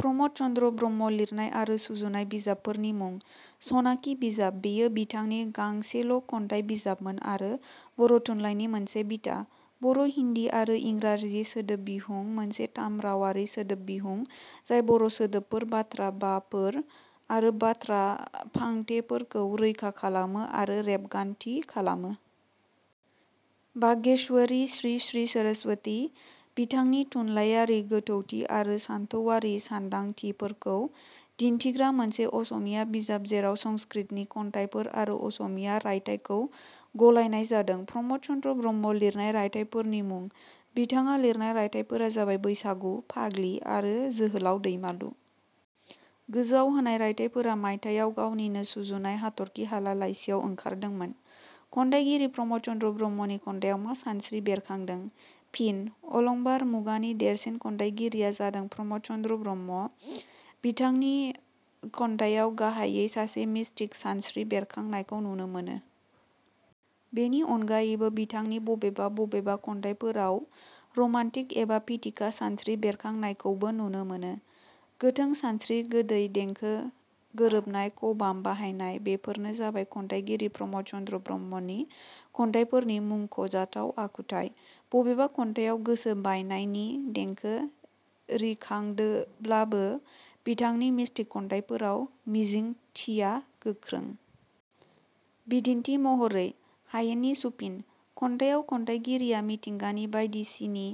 प्रम'द चन्द्र ब्रह्म लिरनाय आरो सुजुनाय बिजाबफोरनि मुं: सनाखि बिजाब – बेयो बिथांनि गांसेल' खन्थाइ बिजाबमोन आरो बर' थुनलायनि मोनसे बिथा। बर' हिन्दी आरो इंराजि सोदोबिहुं– मोनसे थाम रावारि सोदोबबिहुं जाय बर' सोदोबफोर, बाथ्रा भाफोर आरो बाथ्रा फांथेफोरखौ रैखा खालामो आरो रेबगान्थि खालामो। बागेश्वरी श्री श्री सरस्वती– बिथांनि थुनलायारि गोथौथि आरो सानथौआरि सानदांथिफोरखौ दिन्थिग्रा मोनसे असमिया बिजाब जेराव संस्कृतनि खन्थाइफोर आरो असमिया रायथाइखौ गलायनाय जादों। प्रम'द चन्द्र ब्रह्म लिरनाय रायथाइफोरनि मुं: बिथाङा लिरनाय रायथाइफोरा जाबाय- बैसागु, फाग्लि आरो जोहोलाव दैमालु। गोजौवाव होनाय राइथाइफोरा मायथायाव गावनिनो सुजुनाय हाथर्खि हाला लाइसियाव ओंखारदोंमोन।. खन्थाइगिरि प्रम'द चन्द्र ब्रह्मनि खन्थाइयाव मा सानस्रि बेरखांदों? फिन: अलंबार मुगानि देरसिन खन्थाइगिरिया जादों प्रम'द चन्द्र ब्रह्म। बिथांनि खन्थाइयाव गाहायै सासे मिसटिक सानस्रि बेरखांनायखौ नुनो मोनो। बेनि अनगायैबो बिथांनि बबेबा बबेबा खन्थाइफोराव रमान्टिक एबा फिथिखा सानस्रि बेरखांनायखौबो नुनो मोनो। गोथों सानस्रि, गोदै देंखो, गोरोबनाय खबाम बाहायनाय, बेफोरनो जाबाय खन्थाइगिरि प्रम'द चन्द्र ब्रह्मनि खन्थाइफोरनि मुंख'जाथाव आखुथाइ। बबेबा खन्थाइयाव गोसो बायनायनि देंखो रिखांदोब्लाबो, बिथांनि मिष्टिक खन्थाइफोराव मिजिंथिया गोख्रों। बिदिन्थि महरै- "हायेननि सुफिन "खन्थाइयाव खन्थाइगिरिया मिथिंगानि बायदिसिनि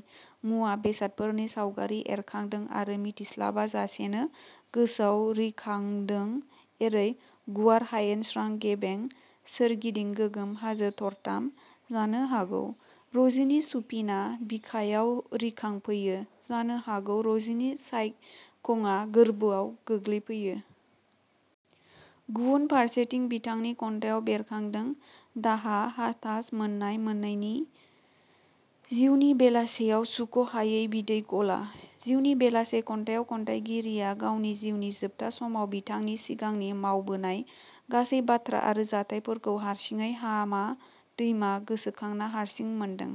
मुवा-बेसादफोरनि सावगारि एरखांदों आरो मिथिस्लाबा जासेनो गोसोआव रिखांदों एरै- "गुवार हायेन स्रां गेबें सोरगिदिं गोगोम हाजो थरथाम, जानो हागौ- रजिनि सुफिना बिखायाव रिखांफैयो जानो हागौ— रजिनि साइखङा गोर्बोआव गोग्लैफैयो। " गुबुन फारसेथिं, बिथांनि खन्थाइयाव बेरखांदों दाहा, हाथास मोन्नाय-मोनैनि "जिउनि बेलासेयाव सुख 'हायै बिदै ग'ला। " जिउनि बेलासे खन्थाइयाव खन्थाइगिरिया गावनि जिउनि जोबथा समाव बिथांनि सिगांनि मावबोनाय गासै बाथ्रा आरो जाथाइफोरखौ हारसिङै हामा दैमा गोसोखांना हारसिं मोनदों।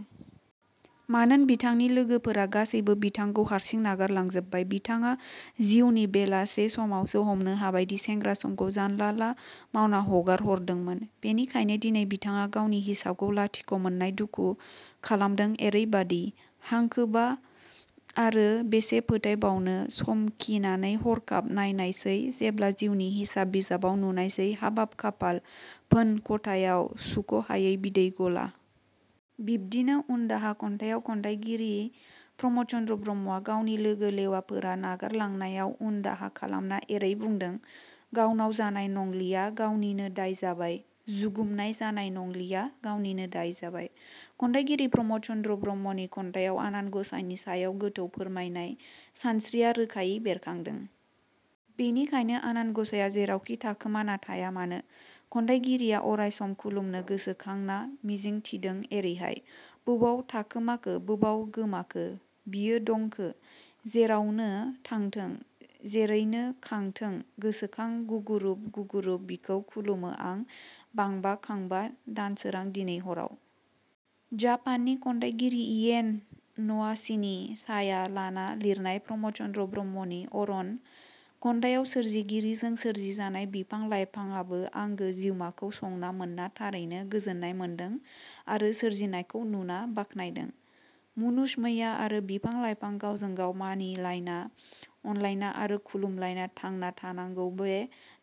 मानोन बिथांनि लोगोफोरा गासैबो बिथांखौ हारसिं नागारलांजोबबाय। बिथाङा जिउनि बेलासे समावसो हमनो हाबायदि सेंग्रा समखौ जानला ला मावना हगारहरदोंमोन। बेनिखायनो दिनै बिथाङा गावनि हिसाबखौ लाथिख' मोननाय दुखु खालमदों एरैबादि – "हांखौबा आरो बेसे फोथायबावनो समखिनानै हरखाब नायनायसै जेब्ला जिउनि हिसाब बिजाबाव नुनायसै हाबाब खाफाल फोनख'थायाव सुख'हायै बिदै गला। " बिब्दिनो "उनदाहा" खन्थाइयाव खन्थाइगिरि प्रम'द चन्द्र ब्रह्मआ गावनि लोगो-लेवाफोरा नागारलांनायाव उनदाहा खालामना एरै बुंदों- "गावनाव जानाय नंलिया, गावनिनो दाय जाबाय, जुगुमनाय जानाय नंलिया, गावनिनो दाय जाबाय। " खन्थाइगिरि प्रम'द चन्द्र ब्रह्मनि खन्थाइयाव आनान ग'साइनि सायाव गोथौ फोरमायनाय सानस्रिया रोखायै बेरखांदों। बेनिखायनो आनान ग'साइया जेरावखि थाखोमाना थाया मानो खन्थाइगिरिया अराय सम खुलुमनो गोसोखांना मिजिंथिदों एरैहाय- "बबाव थाखोमाखो बबाव गोमाखो बियो दंखो? जेरावनो थांथों जैरैनो खांथों गोसोखां गुगुरुब गुगुरुब बिखौ खुलुमो आं बांबा खांबा दानसोरां दिनै हराव। " जापाननि खन्थाइगिरि इयेन न'वसिनि साया लाना लिरनाय प्रम'द चन्द्र ब्रह्मनि 'अरण' खन्थाइयाव सोरजिगिरिजों सोरजिजानाय बिफां लाइफाङाबो आंगो जिउमाखौ संना मोनना थारैनो गोजोन्नाय मोनदों आरो सोरजिनायखौ नुना बाखनायदों। मुनुसमैया आरो बिफां-लाइफां गावजों गाव मानिलायना, अनलायना आरो खुलुमलायना थांना थानांगौ बे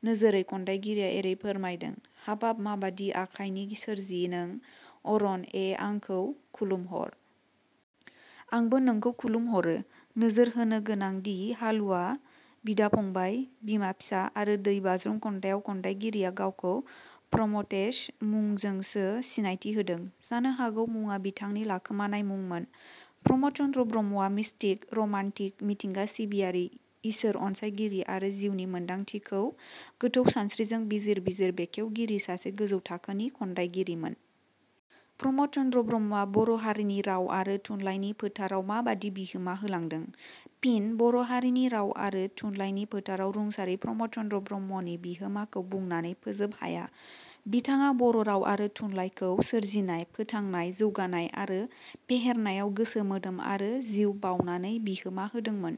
नोजोरै खन्थाइगिरिया एरै फोरमायदों- "हाबाब माबादि आखाइनि सोरजि नों अरण ऐ आंखौ खुलुमहर! आंबो नौखौ खुलुमहरो………….। नोजोर होनो गोनांदि 'हालुवा', 'बिदा-फंबाय', 'बिमा-फिसा', आरो 'दै बाज्रुम' खन्थाइयाव खन्थाइगिरिया गावखौ 'प्रमथेश' मुंजोंसो सिनायथि होदों। जानो हागौ मुङा बिथांनि लाखोमानाय मुंमोन। प्रम'द चन्द्र ब्रह्मआ मिष्टिक, र'मान्टिक, मिथिंगा सिबियारि, इसोर अनसाइगिरि आरो जिउनि मोनदांथिखौ गोथौ सानस्रिजों बिजिर बिजिर बेखवगिरि सासे गोजौ थाखोनि खन्थाइगिरिमोन।. प्रम'द चन्द्र ब्रह्मआ बर' हारिनि राव आरो थुनलाइनि फोथाराव माबादि बिहोमा होलांदों? फिन: बर' हारिनि राव आरो थुनलाइनि फोथाराव रुंसारि प्रम'द चन्द्र ब्रह्मनि बिहोमाखौ बुंनानै फोजोब हाया। बिथाङा बर' राव आरो थुनलायखौ सोरजिनाय, फोथांनाय, जौगानाय आरो फेहेरनायाव गोसो मोदोम आरो जिउ बाउनानै बिहोमा होदोंमोन।